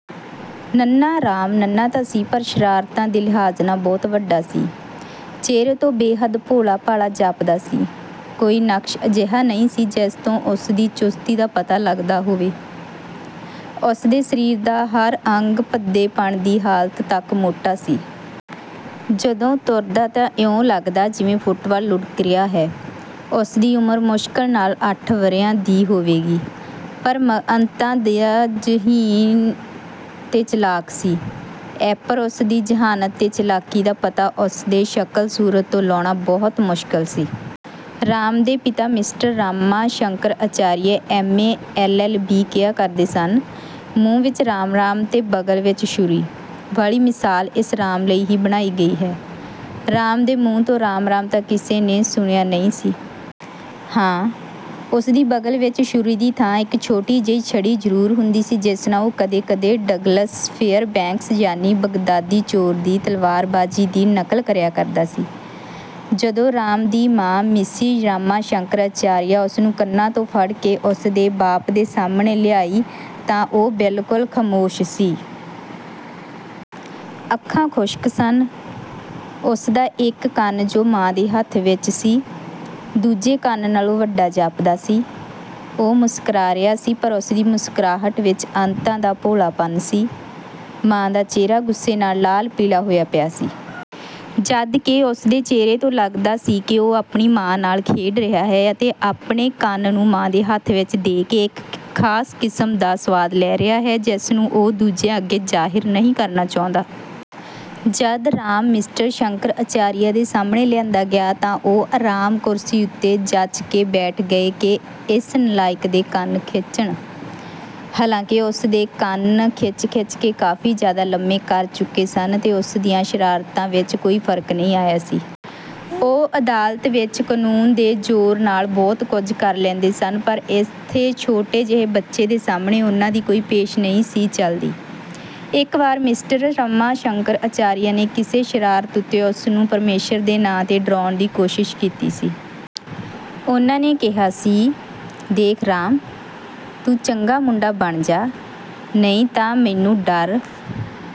ਨੰਨ੍ਹਾ ਰਾਮ ਨੰਨ੍ਹਾ ਤਾਂ ਸੀ ਪਰ ਸ਼ਰਾਰਤਾਂ ਦੇ ਲਿਹਾਜ਼ ਨਾਲ ਬਹੁਤ ਵੱਡਾ ਸੀ। ਚਿਹਰੇ ਤੋਂ ਬੇਹੱਦ ਭੋਲਾ-ਭਾਲਾ ਜਾਪਦਾ ਸੀ। ਕੋਈ ਨਕਸ਼ ਅਜਿਹਾ ਨਹੀਂ ਸੀ ਜਿਸ ਤੋਂ ਉਸਦੀ ਚੁਸਤੀ ਦਾ ਪਤਾ ਲਗਦਾ ਹੋਵੇ। ਉਸ ਦੇ ਸਰੀਰ ਦਾ ਹਰ ਅੰਗ ਭੱਦੇਪਣ ਦੀ ਹਾਲਤ ਤਕ ਮੋਟਾ ਸੀ। ਜਦੋਂ ਤੁਰਦਾ ਤਾਂ ਇਉਂ ਲਗਦਾ ਜਿਵੇਂ ਫੁੱਟਬਾਲ ਲੁੜ੍ਹਕ ਰਿਹਾ ਹੈ। ਉਸਦੀ ਉਮਰ ਮੁਸ਼ਕਿਲ ਨਾਲ ਅੱਠ ਵਰ੍ਹਿਆਂ ਦੀ ਹੋਵੇਗੀ, ਪਰ ਅੰਤਾਂ ਦਾ ਜ਼ਹੀਨ ਤੇ ਚਲਾਕ ਸੀ। ਐਪਰ ਉਸ ਦੀ ਜ਼ਹਾਨਤ ਤੇ ਚਲਾਕੀ ਦਾ ਪਤਾ ਉਸ ਦੇ ਸ਼ਕਲ-ਸੂਰਤ ਤੋਂ ਲਾਉੇਣਾ ਬਹੁਤ ਮੁਸ਼ਕਿਲ ਸੀ। ਰਾਮ ਦੇ ਪਿਤਾ mister Rama Shankar Acharya MA LLB ਕਿਹਾ ਕਰਦੇ ਸਨ, "ਮੂੰਹ ਵਿਚ ਰਾਮ-ਰਾਮ ਤੇ ਬਗ਼ਲ ਵਿਚ ਛੁਰੀ" ਵਾਲੀ ਮਿਸਾਲ ਇਸ ਰਾਮ ਲਈ ਹੀ ਬਣਾਈ ਗਈ ਹੈ। ਰਾਮ ਦੇ ਮੂੰਹ ਤੋਂ ਰਾਮ-ਰਾਮ ਤਾਂ ਕਿਸੇ ਨੇ ਸੁਣਿਆ ਨਹੀਂ ਸੀ। ਹਾਂ, ਉਸ ਦੀ ਬਗ਼ਲ ਵਿਚ ਛੁਰੀ ਦੀ ਥਾਂ ਇਕ ਛੋਟੀ ਜਿਹੀ ਛੜੀ ਜ਼ਰੂਰ ਹੁੰਦੀ ਸੀ ਜਿਸ ਨਾਲ ਉਹ ਕਦੇ-ਕਦੇ ਡਗਲਸ ਫੇਅਰਬੈਂਕਸ ਯਾਨਿ ਬਗ਼ਦਾਦੀ ਚੋਰ ਦੀ ਤਲਵਾਰਬਾਜ਼ੀ ਦੀ ਨਕਲ ਕਰਿਆ ਕਰਦਾ ਸੀ। ਜਦੋਂ ਰਾਮ ਦੀ ਮਾਂ ਮਿਸਿਜ਼ ਰਾਮਾ ਸ਼ੰਕਰ ਅਚਾਰੀਆ ਉਸ ਨੂੰ ਕੰਨਾਂ ਤੋਂ ਫੜ ਕੇ ਉਸ ਦੇ ਬਾਪ ਦੇ ਸਾਹਮਣੇ ਲਿਆਈ ਤਾਂ ਉਹ ਬਿਲਕੁਲ ਖਾਮੋਸ਼ ਸੀ। ਅੱਖਾਂ ਖੁਸ਼ਕ ਸਨ। ਉਸ ਦਾ ਇਕ ਕੰਨ ਜੋ ਮਾਂ ਦੇ ਹੱਥ ਵਿਚ ਸੀ, ਦੂਜੇ ਕੰਨ ਨਾਲੋਂ ਵੱਡਾ ਜਾਪਦਾ ਸੀ। ਉਹ ਮੁਸਕਰਾ ਰਿਹਾ ਸੀ ਪਰ ਉਸ ਦੀ ਮੁਸਕਰਾਹਟ ਵਿਚ ਅੰਤਾਂ ਦਾ ਭੋਲਾਪਣ ਸੀ। ਮਾਂ ਦਾ ਚਿਹਰਾ ਗੁੱਸੇ ਨਾਲ ਲਾਲ-ਪੀਲਾ ਹੋਇਆ ਪਿਆ ਸੀ। ਜਦਕਿ ਉਸ ਦੇ ਚਿਹਰੇ ਤੋਂ ਲਗਦਾ ਸੀ ਕਿ ਉਹ ਆਪਣੀ ਮਾਂ ਨਾਲ ਖੇਡ ਰਿਹਾ ਹੈ ਅਤੇ ਆਪਣੇ ਕੰਨ ਨੂੰ ਮਾਂ ਦੇ ਹੱਥ ਵਿਚ ਦੇ ਕੇ ਇਕ ਖਾਸ ਕਿਸਮ ਦਾ ਸੁਆਦ ਲੈ ਰਿਹਾ ਹੈ ਜਿਸ ਨੂੰ ਉਹ ਦੂਜਿਆਂ ਅੱਗੇ ਜ਼ਾਹਿਰ ਨਹੀਂ ਕਰਨਾ ਚਾਹੁੰਦਾ। ਜਦ ਰਾਮ ਮਿਸਟਰ ਸ਼ੰਕਰ ਆਚਾਰੀਆ ਦੇ ਸਾਹਮਣੇ ਲਿਆਂਦਾ ਗਿਆ ਤਾਂ ਉਹ ਆਰਾਮ ਕੁਰਸੀ ਉਤੇ ਜਚ ਕੇ ਬੈਠ ਗਏ ਕਿ ਇਸ ਨਾਲਾਇਕ ਦੇ ਕੰਨ ਖਿੱਚਣ। ਹਾਲਾਂਕਿ ਉਹ ਉਸ ਦੇ ਕੰਨ ਖਿੱਚ-ਖਿੱਚ ਕੇ ਕਾਫੀ ਜ਼ਿਆਦਾ ਲੰਮੇ ਕਰ ਚੁੱਕੇ ਸਨ ਤੇ ਉਸ ਦੀਆਂ ਸ਼ਰਾਰਤਾਂ ਵਿਚ ਕੋਈ ਫਰਕ ਨਹੀਂ ਆਇਆ ਸੀ। ਉਹ ਅਦਾਲਤ ਵਿਚ ਕਾਨੂੰਨ ਦੇ ਜ਼ੋਰ ਨਾਲ ਬਹੁਤ ਕੁਝ ਕਰ ਲੈਂਦੇ ਸਨ ਪਰ ਇਥੇ ਛੋਟੇ ਜਿਹੇ ਬੱਚੇ ਦੇ ਸਾਹਮਣੇ ਉਨ੍ਹਾਂ ਦੀ ਕੋਈ ਪੇਸ਼ ਨਹੀਂ ਸੀ ਚਲਦੀ। ਇਕ ਵਾਰ ਮਿਸਟਰ ਰਾਮਾ ਸ਼ੰਕਰ ਅਚਾਰੀਆ ਨੇ ਕਿਸੇ ਸ਼ਰਾਰਤ ਉਤੇ ਉਸ ਨੂੰ ਪਰਮੇਸ਼ਰ ਦੇ ਨਾਂ 'ਤੇ ਡਰਾਉਣ ਦੀ ਕੋਸ਼ਿਸ਼ ਕੀਤੀ ਸੀ। ਉਨ੍ਹਾਂ ਨੇ ਕਿਹਾ ਸੀ, "ਦੇਖ ਰਾਮ, ਤੂੰ ਚੰਗਾ ਮੁੰਡਾ ਬਣ ਜਾਹ, ਨਹੀਂ ਤਾਂ ਮੈਨੂੰ ਡਰ